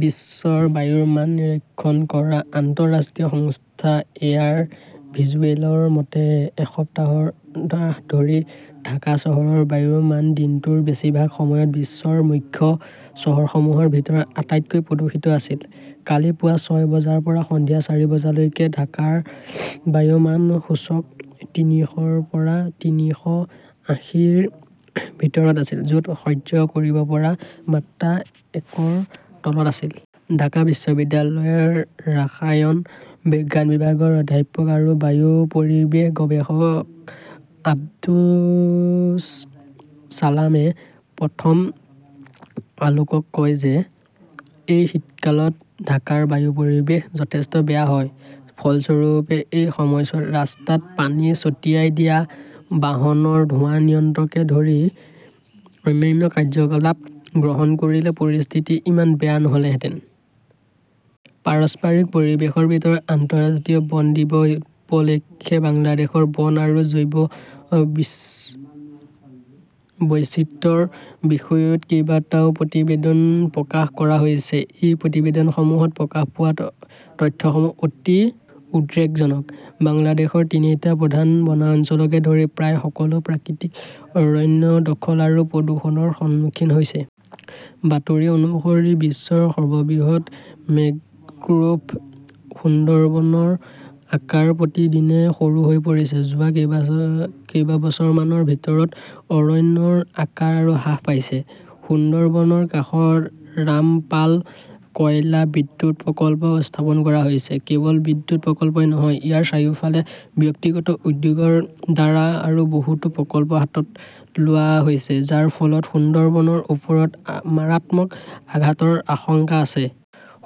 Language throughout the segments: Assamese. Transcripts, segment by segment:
বিশ্বৰ বায়ুৰ মান নিৰীক্ষণ কৰা আন্তঃৰাষ্ট্ৰীয় সংস্থা এয়াৰ ভিজুৱেলৰ মতে, এসপ্তাহ ধৰি ঢাকা চহৰৰ বায়ুৰ মান দিনটোৰ বেছিভাগ সময় বিশ্বৰ মুখ্য চহৰসমূহৰ ভিতৰত আটাইতকৈ প্ৰদূষিত আছিল। কালি পুৱা ছয় বজাৰ পৰা সন্ধিয়া চাৰি বজালৈকে ঢাকাৰ বায়ু মান সূচক তিনিশৰ পৰা তিনিশ আশীৰ ভিতৰত আছিল, য'ত সহ্য কৰিব পৰা মাত্ৰা একৰ তলত আছিল। ঢাকা বিশ্ববিদ্যালয়ৰ ৰসায়ন বিজ্ঞান বিভাগৰ অধ্যাপক আৰু বায়ু পৰিৱেশ গৱেষক আব্দুছ চালামে প্ৰথম আলোকক কয় যে, এই শীতকালত ঢাকাৰ বায়ু পৰিৱেশ যথেষ্ট বেয়া হয়। ফলস্বৰূপে, এই সময়ছোৱাত ৰাস্তাত পানী ছটিয়াই দিয়া, বাহনৰ ধোঁৱা নিয়ন্ত্ৰণকে ধৰি অন্যান্য কাৰ্যকলাপ গ্ৰহণ কৰিলে পৰিস্থিতি ইমান বেয়া নহ'লহেঁতেন। পাৰিপাৰ্শ্বিক পৰিৱেশৰ বিষয়ত আন্তঃৰাষ্ট্ৰীয় বন দিৱস উপলক্ষে বাংলাদেশৰ বন আৰু জৈৱ বৈচিত্ৰ্যৰ বিষয়ত কেইবাটাও প্ৰতিবেদন প্ৰকাশ কৰা হৈছে। এই প্ৰতিবেদনসমূহত প্ৰকাশ পোৱা তথ্যসমূহ অতি উদ্বেগজনক। বাংলাদেশৰ তিনিটা প্ৰধান বনাঞ্চলকে ধৰি প্ৰায় সকলো প্ৰাকৃতিক অৰণ্য দখল আৰু প্ৰদূষণৰ সন্মুখীন হৈছে। বাতৰি অনুসৰি, বিশ্বৰ সৰ্ববৃহৎ মেংগ্ৰোভ সুন্দৰবনৰ আকাৰ প্ৰতিদিনে সৰু হৈ পৰিছে। যোৱা কেইবছৰমানৰ ভিতৰত অৰণ্যৰ আকাৰ আৰু হ্ৰাস পাইছে। সুন্দৰবনৰ কাষত ৰামপাল কয়লা বিদ্যুৎ প্ৰকল্প স্থাপন কৰা হৈছে। কেৱল বিদ্যুৎ প্ৰকল্পই নহয়, ইয়াৰ চাৰিওফালে ব্যক্তিগত উদ্যোগৰ দ্বাৰা আৰু বহুতো প্ৰকল্প হাতত লোৱা হৈছে, যাৰ ফলত সুন্দৰবনৰ ওপৰত মাৰাত্মক আঘাতৰ আশংকা আছে।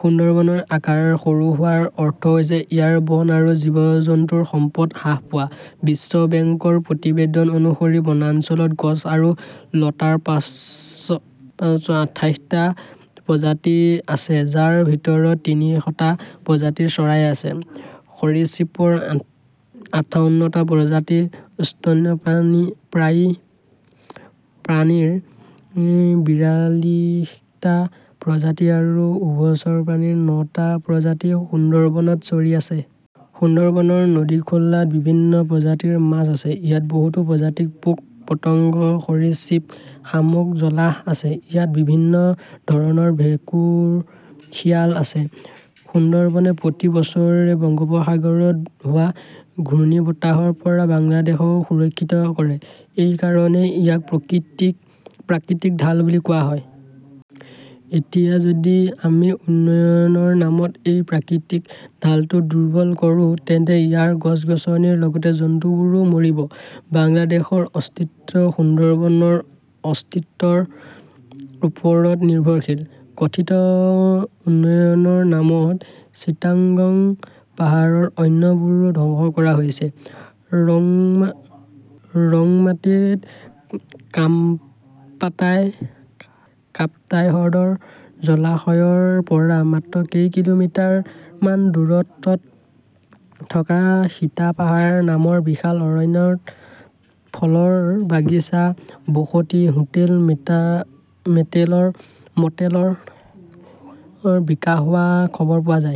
সুন্দৰবনৰ আকাৰ সৰু হোৱাৰ অৰ্থ হৈছে ইয়াৰ বন আৰু জীৱ-জন্তুৰ সম্পদ হ্ৰাস পোৱা। বিশ্ব বেংকৰ প্ৰতিবেদন অনুসৰি, বনাঞ্চলত গছ আৰু লতাৰ পাঁচশ আঠাইশটা প্ৰজাতি আছে, যাৰ ভিতৰত তিনিশটা প্ৰজাতিৰ চৰাই আছে। সৰীসৃপৰ আঠাউন্নটা প্ৰজাতি, স্তন্যপায়ী প্ৰাণীৰ বিৰালিশটা প্ৰজাতি আৰু উভচৰ প্ৰাণীৰ নটা প্ৰজাতি সুন্দৰবনত চৰি আছে। সুন্দৰবনৰ নদী-খালত বিভিন্ন প্ৰজাতিৰ মাছ আছে। ইয়াত বহুতো প্ৰজাতিৰ পোক-পতংগ, সৰীসৃপ, শামুক-জলাহ আছে। ইয়াত বিভিন্ন ধৰণৰ ভেঁকুৰ, শিয়াল আছে। সুন্দৰবনে প্ৰতি বছৰে বংগোপসাগৰত হোৱা ঘূৰ্ণীবতাহৰ পৰা বাংলাদেশক সুৰক্ষিত কৰে। এই কাৰণেই ইয়াক প্ৰাকৃতিক ঢাল বুলি কোৱা হয়। এতিয়া যদি আমি উন্নয়নৰ নামত এই প্ৰাকৃতিক ঢালটো দুৰ্বল কৰোঁ, তেন্তে ইয়াৰ গছ-গছনিৰ লগতে জন্তুবোৰো মৰিব। বাংলাদেশৰ অস্তিত্ব সুন্দৰবনৰ অস্তিত্বৰ ওপৰত নিৰ্ভৰশীল। কথিত উন্নয়নৰ নামত চিটাগং পাহাৰৰ অৰণ্যবোৰো ধ্বংস কৰা হৈছে। ৰংগমাতিত কাপ্তাই হ্ৰদৰ জলাশয়ৰ পৰা মাত্ৰ কেই কিলোমিটাৰ মান দূৰত্বত থকা সীতা পাহাৰ নামৰ বিশাল অৰণ্যত ফলৰ বাগিচা, বসতি, হোটেল-মটেলৰ বিকাশ হোৱাৰ খবৰ পোৱা যায়।